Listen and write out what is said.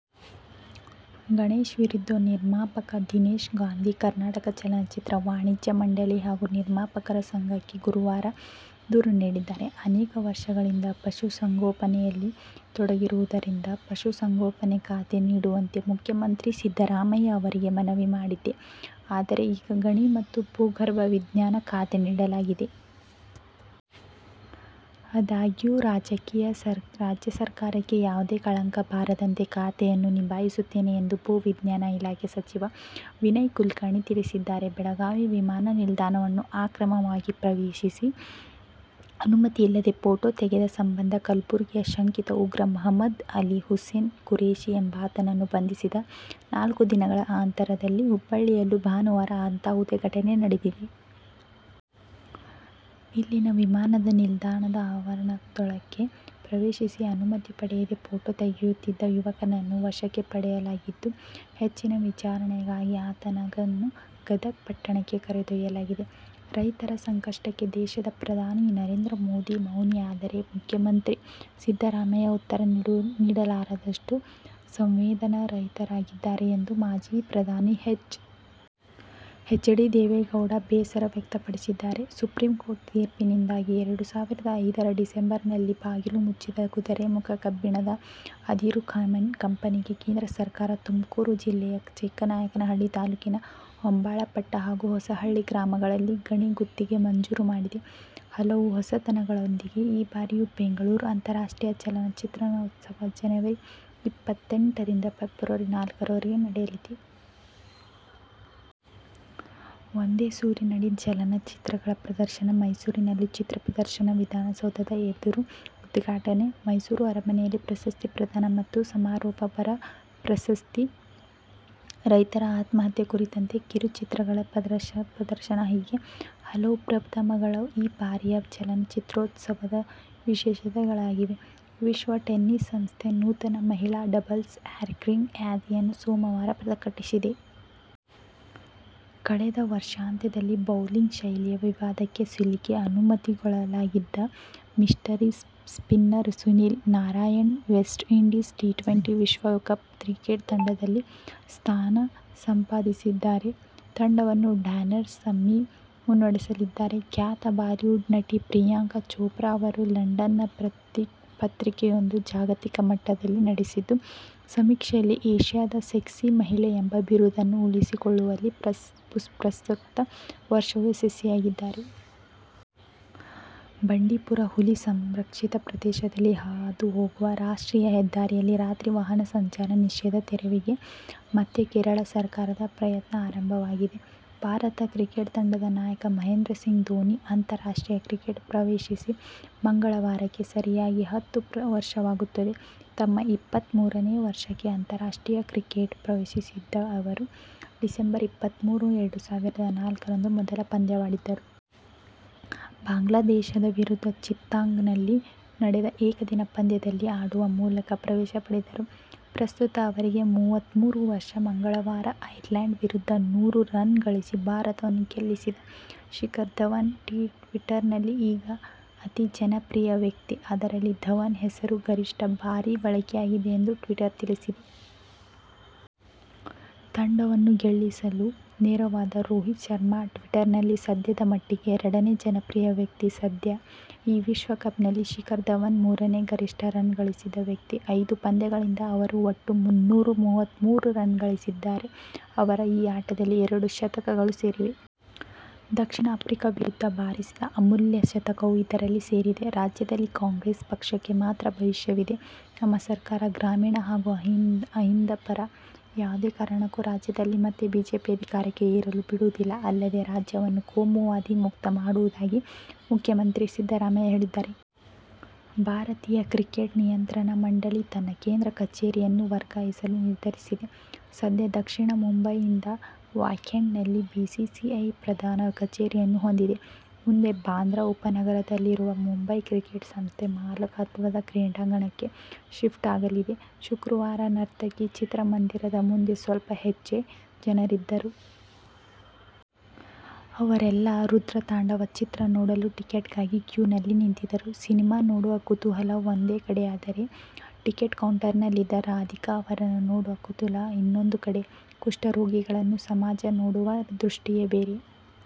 ಗಣೇಶ್ ವಿರುದ್ಧ ನಿರ್ಮಾಪಕ ದಿನೇಶ್ ಗಾಂಧಿ ಕರ್ನಾಟಕ ಚಲನಚಿತ್ರ ವಾಣಿಜ್ಯ ಮಂಡಳಿ ಹಾಗೂ ನಿರ್ಮಾಪಕರ ಸಂಘಕ್ಕೆ ಗುರುವಾರ ದೂರು ನೀಡಿದ್ದಾರೆ. ಅನೇಕ ವರ್ಷಗಳಿಂದ ಪಶುಸಂಗೋಪನೆಯಲ್ಲಿ ತೊಡಗಿರುವುದರಿಂದ ಪಶುಸಂಗೋಪನೆ ಖಾತೆ ನೀಡುವಂತೆ ಮುಖ್ಯಮಂತ್ರಿ ಸಿದ್ದರಾಮಯ್ಯ ಅವರಿಗೆ ಮನವಿ ಮಾಡಿದ್ದೆ. ಆದರೆ ಈಗ ಗಣಿ ಮತ್ತು ಭೂಗರ್ಭ ವಿಜ್ಞಾನ ಖಾತೆ ನೀಡಲಾಗಿದೆ. ಆದಾಗ್ಯೂ ರಾಜ್ಯ ಸರ್ಕಾರಕ್ಕೆ ಯಾವುದೇ ಕಳಂಕ ಬಾರದಂತೆ ಖಾತೆಯನ್ನು ನಿಭಾಯಿಸುತ್ತೇನೆ ಎಂದು ಭೂವಿಜ್ಞಾನ ಇಲಾಖೆ ಸಚಿವ ವಿನಯ ಕುಲಕರ್ಣಿ ತಿಳಿಸಿದ್ದಾರೆ. ಬೆಳಗಾವಿ ವಿಮಾನ ನಿಲ್ದಾಣವನ್ನು ಅಕ್ರಮವಾಗಿ ಪ್ರವೇಶಿಸಿ ಅನುಮತಿ ಇಲ್ಲದೇ ಫೋಟೋ ತೆಗೆದ ಸಂಬಂಧ ಕಲಬುರಗಿಯ ಶಂಕಿತ ಉಗ್ರ ಮಹಮ್ಮದ್ ಅಲಿ ಹುಸೇನ್ ಖುರೇಶಿ ಎಂಬಾತನನ್ನು ಬಂಧಿಸಿದ ನಾಲ್ಕು ದಿನಗಳ ಅಂತರದಲ್ಲಿ ಹುಬ್ಬಳ್ಳಿಯಲ್ಲೂ ಭಾನುವಾರ ಅಂತಹುದೇ ಘಟನೆ ನಡೆದಿದೆ. ಇಲ್ಲಿನ ವಿಮಾನ ನಿಲ್ದಾಣದ ಆವರಣದೊಳಕ್ಕೆ ಪ್ರವೇಶಿಸಿ ಅನುಮತಿ ಪಡೆಯದೇ ಫೋಟೋ ತೆಗೆಯುತ್ತಿದ್ದ ಯುವಕನನ್ನು ವಶಕ್ಕೆ ಪಡೆಯಲಾಗಿದ್ದು ಹೆಚ್ಚಿನ ವಿಚಾರಣೆಗಾಗಿ ಆತನನ್ನು ಗದಗ ಪಟ್ಟಣಕ್ಕೆ ಕರೆದೊಯ್ಯಲಾಗಿದೆ. ರೈತರ ಸಂಕಷ್ಟಕ್ಕೆ ದೇಶದ ಪ್ರಧಾನಿ ನರೇಂದ್ರ ಮೋದಿ ಮೌನಿಯಾದರೆ ಮುಖ್ಯಮಂತ್ರಿ ಸಿದ್ದರಾಮಯ್ಯ ಉತ್ತರ ನೀಡಲಾರದಷ್ಟು ಸಂವೇದನಾರಹಿತರಾಗಿದ್ದಾರೆ ಎಂದು ಮಾಜಿ ಪ್ರಧಾನಿ ಎಚ್. ಡಿ. ದೇವೇಗೌಡ ಬೇಸರ ವ್ಯಕ್ತಪಡಿಸಿದ್ದಾರೆ. ಸುಪ್ರೀಂಕೋರ್ಟ್ ತೀರ್ಪಿನಿಂದಾಗಿ ಎರಡು ಸಾವಿರದ ಐದರ ಡಿಸೆಂಬರ್‌ನಲ್ಲಿ ಬಾಗಿಲು ಮುಚ್ಚಿದ ಕುದುರೆಮುಖ ಕಬ್ಬಿಣದ ಅದಿರು ಕಂಪನಿಗೆ ಕೇಂದ್ರ ಸರ್ಕಾರ ತುಮಕೂರು ಜಿಲ್ಲೆಯ ಚಿಕ್ಕನಾಯಕನಹಳ್ಳಿ ತಾಲೂಕಿನ ಹೊಂಬಾಳಘಟ್ಟ ಹಾಗೂ ಹೊಸಹಳ್ಳಿ ಗ್ರಾಮಗಳಲ್ಲಿ ಗಣಿ ಗುತ್ತಿಗೆ ಮಂಜೂರು ಮಾಡಿದೆ. ಹಲವು ಹೊಸತನಗಳೊಂದಿಗೆ ಈ ಬಾರಿಯ ಬೆಂಗಳೂರು ಅಂತಾರಾಷ್ಟ್ರೀಯ ಚಲನಚಿತ್ರೋತ್ಸವ ಜನವರಿ ಇಪ್ಪತ್ತೆಂಟರಿಂದ ಫೆಬ್ರವರಿ ನಾಲ್ಕರವರೆಗೆ ನಡೆಯಲಿದೆ. ಒಂದೇ ಸೂರಿನಡಿ ಚಲನಚಿತ್ರಗಳ ಪ್ರದರ್ಶನ ಮೈಸೂರಿನಲ್ಲೂ ಚಿತ್ರಪ್ರದರ್ಶನ ವಿಧಾನಸೌಧದ ಎದುರು ಉದ್ಘಾಟನೆ ಮೈಸೂರು ಅರಮನೆಯಲ್ಲಿ ಪ್ರಶಸ್ತಿ ಪ್ರದಾನ ಮತ್ತು ಸಮಾರೋಪ ಬರ ಪರಿಸ್ಥಿತಿ ರೈತರ ಆತ್ಮಹತ್ಯೆ ಕುರಿತಂತೆ ಕಿರುಚಿತ್ರಗಳ ಪ್ರದರ್ಶನ ಹೀಗೆ ಹಲವು ಪ್ರಥಮಗಳು ಈ ಬಾರಿಯ ಚಲನಚಿತ್ರೋತ್ಸವದ ವಿಶೇಷತೆಗಳಾಗಿವೆ. ವಿಶ್ವ ಟೆನಿಸ್ ಸಂಸ್ಥೆ ನೂತನ ಮಹಿಳಾ ಡಬಲ್ಸ್ ರ್ಯಾಂಕಿಂಗ್ ಯಾದಿಯನ್ನು ಸೋಮವಾರ ಪ್ರಕಟಿಸಿದೆ. ಕಳೆದ ವರ್ಷಾಂತ್ಯದಲ್ಲಿ ಬೌಲಿಂಗ್ ಶೈಲಿಯ ವಿವಾದಕ್ಕೆ ಸಿಲುಕಿ ಅಮಾನತಿಗೊಳಗಾಗಿದ್ದ mystery spinner Sunil Narine West Indies T twenty ವಿಶ್ವಕಪ್ ಕ್ರಿಕೆಟ್ ತಂಡದಲ್ಲಿ ಸ್ಥಾನ ಸಂಪಾದಿಸಿದ್ದಾರೆ. ತಂಡವನ್ನು ಡ್ಯಾರನ್ ಸಮ್ಮಿ ಮುನ್ನಡೆಸಲಿದ್ದಾರೆ. ಖ್ಯಾತ ಬಾಲಿವುಡ್ ನಟಿ ಪ್ರಿಯಾಂಕಾ ಚೋಪ್ರಾ ಅವರು ಲಂಡನ್‌ನ ಪತ್ರಿಕೆಯೊಂದು ಜಾಗತಿಕ ಮಟ್ಟದಲ್ಲಿ ನಡೆಸಿದ ಸಮೀಕ್ಷೆಯಲ್ಲಿ ಏಷ್ಯಾದ ಸೆಕ್ಸಿ ಮಹಿಳೆ ಎಂಬ ಬಿರುದನ್ನು ಉಳಿಸಿಕೊಳ್ಳುವಲ್ಲಿ ಪ್ರಸಕ್ತ ವರ್ಷವೂ ಯಶಸ್ವಿಯಾಗಿದ್ದಾರೆ. ಬಂಡೀಪುರ ಹುಲಿ ಸಂರಕ್ಷಿತ ಪ್ರದೇಶದಲ್ಲಿ ಹಾದು ಹೋಗುವ ರಾಷ್ಟ್ರೀಯ ಹೆದ್ದಾರಿಯಲ್ಲಿ ರಾತ್ರಿ ವಾಹನ ಸಂಚಾರ ನಿಷೇಧ ತೆರವಿಗೆ ಮತ್ತೆ ಕೇರಳ ಸರ್ಕಾರದ ಪ್ರಯತ್ನ ಆರಂಭವಾಗಿದೆ. ಭಾರತ ಕ್ರಿಕೆಟ್ ತಂಡದ ನಾಯಕ ಮಹೇಂದ್ರಸಿಂಗ್ ಧೋನಿ ಅಂತಾರಾಷ್ಟ್ರೀಯ ಕ್ರಿಕೆಟ್ ಪ್ರವೇಶಿಸಿ ಮಂಗಳವಾರಕ್ಕೆ ಸರಿಯಾಗಿ ಹತ್ತು ವರ್ಷವಾಗುತ್ತದೆ. ತಮ್ಮ ಇಪ್ಪತ್ತಮೂರನೇ ವರ್ಷಕ್ಕೆ ಅಂತಾರಾಷ್ಟ್ರೀಯ ಕ್ರಿಕೆಟ್ ಪ್ರವೇಶಿಸಿದ ಅವರು ಡಿಸೆಂಬರ್ ಇಪ್ಪತ್ತಮೂರು ಎರಡು ಸಾವಿರದ ನಾಲ್ಕರಂದು ಮೊದಲ ಪಂದ್ಯವಾಡಿದ್ದರು. ಬಾಂಗ್ಲಾದೇಶದ ವಿರುದ್ಧ ಚಿತ್ತಗಾಂಗ್‌ನಲ್ಲಿ ನಡೆದ ಏಕದಿನ ಪಂದ್ಯದಲ್ಲಿ ಆಡುವ ಮೂಲಕ ಪ್ರವೇಶ ಪಡೆದರು. ಪ್ರಸ್ತುತ ಅವರಿಗೆ ಮೂವತ್ತಮೂರು ವರ್ಷ. ಮಂಗಳವಾರ ಐರ್ಲೆಂಡ್ ವಿರುದ್ಧ ನೂರು ರನ್ ಗಳಿಸಿ ಭಾರತವನ್ನು ಗೆಲ್ಲಿಸಿದ ಶಿಖರ್ ಧವನ್ ಟ್ವಿಟರ್‌ನಲ್ಲಿ ಈಗ ಅತಿ ಜನಪ್ರಿಯ ವ್ಯಕ್ತಿ. ಅದರಲ್ಲಿ ಧವನ್ ಹೆಸರು ಗರಿಷ್ಠ ಬಾರಿ ಬಳಕೆಯಾಗಿದೆ ಎಂದು ಟ್ವಿಟರ್ ತಿಳಿಸಿದೆ. ತಂಡವನ್ನು ಗೆಲ್ಲಿಸಲು ನೆರವಾದ ರೋಹಿತ್ ಶರ್ಮಾ ಟ್ವಿಟರ್‌ನಲ್ಲಿ ಸದ್ಯದ ಮಟ್ಟಿಗೆ ಎರಡನೇ ಜನಪ್ರಿಯ ವ್ಯಕ್ತಿ. ಸದ್ಯ ಈ ವಿಶ್ವಕಪ್‌ನಲ್ಲಿ ಶಿಖರ್ ಧವನ್ ಮೂರನೇ ಗರಿಷ್ಠ ರನ್ ಗಳಿಸಿದ ವ್ಯಕ್ತಿ. ಐದು ಪಂದ್ಯಗಳಿಂದ ಅವರು ಒಟ್ಟು ಮುನ್ನೂರ ಮೂವತ್ತಮೂರು ರನ್ ಗಳಿಸಿದ್ದಾರೆ. ಅವರ ಈ ಆಟದಲ್ಲಿ ಎರಡು ಶತಕಗಳು ಸೇರಿವೆ. ದಕ್ಷಿಣ ಆಫ್ರಿಕಾ ವಿರುದ್ಧ ಬಾರಿಸಿದ ಅಮೂಲ್ಯ ಶತಕವೂ ಇದರಲ್ಲಿ ಸೇರಿದೆ. ರಾಜ್ಯದಲ್ಲಿ ಕಾಂಗ್ರೆಸ್ ಪಕ್ಷಕ್ಕೆ ಮಾತ್ರ ಭವಿಷ್ಯವಿದೆ. ನಮ್ಮ ಸರ್ಕಾರ ಗ್ರಾಮೀಣ ಹಾಗೂ ಅಹಿಂದ ಪರ. ಯಾವುದೇ ಕಾರಣಕ್ಕೂ ರಾಜ್ಯದಲ್ಲಿ ಮತ್ತೆ ಬಿಜೆಪಿ ಅಧಿಕಾರಕ್ಕೆ ಏರಲು ಬಿಡುವುದಿಲ್ಲ. ಅಲ್ಲದೇ ರಾಜ್ಯವನ್ನು ಕೋಮುವಾದಿ ಮುಕ್ತ ಮಾಡುವುದಾಗಿ ಮುಖ್ಯಮಂತ್ರಿ ಸಿದ್ಧರಾಮಯ್ಯ ಹೇಳಿದ್ದಾರೆ. ಭಾರತೀಯ ಕ್ರಿಕೆಟ್ ನಿಯಂತ್ರಣ ಮಂಡಳಿ ತನ್ನ ಕೇಂದ್ರ ಕಚೇರಿಯನ್ನು ವರ್ಗಾಯಿಸಲು ನಿರ್ಧರಿಸಿದೆ. ಸದ್ಯ ದಕ್ಷಿಣ ಮುಂಬಯಿಯ ವಾಂಖೆಡೆಯಲ್ಲಿ ಬಿಸಿಸಿಐ ಪ್ರಧಾನ ಕಚೇರಿಯನ್ನು ಹೊಂದಿದೆ. ಮುಂದೆ ಬಾಂದ್ರಾ ಉಪನಗರದಲ್ಲಿರುವ ಮುಂಬೈ ಕ್ರಿಕೆಟ್ ಸಂಸ್ಥೆ ಮಾಲಕತ್ವದ ಕ್ರೀಡಾಂಗಣಕ್ಕೆ ಶಿಫ್ಟ್ ಆಗಲಿದೆ. ಶುಕ್ರವಾರ ನರ್ತಕಿ ಚಿತ್ರಮಂದಿರದ ಮುಂದೆ ಸ್ವಲ್ಪ ಹೆಚ್ಚೇ ಜನರಿದ್ದರು. ಅವರೆಲ್ಲ ರುದ್ರತಾಂಡವ ಚಿತ್ರ ನೋಡಲು ಟಿಕೆಟ್ಗಾಗಿ ಕ್ಯೂನಲ್ಲಿ ನಿಂತಿದ್ದರು. ಸಿನಿಮಾ ನೋಡುವ ಕುತೂಹಲ ಒಂದು ಕಡೆಯಾದರೆ ಟಿಕೆಟ್ ಕೌಂಟರ್‌ನಲ್ಲಿದ್ದ ರಾಧಿಕಾ ಅವರನ್ನು ನೋಡುವ ಕುತೂಹಲ ಇನ್ನೊಂದು ಕಡೆ. ಕುಷ್ಠರೋಗಿಗಳನ್ನು ಸಮಾಜ ನೋಡುವ ದೃಷ್ಟಿಯೇ ಬೇರೆ.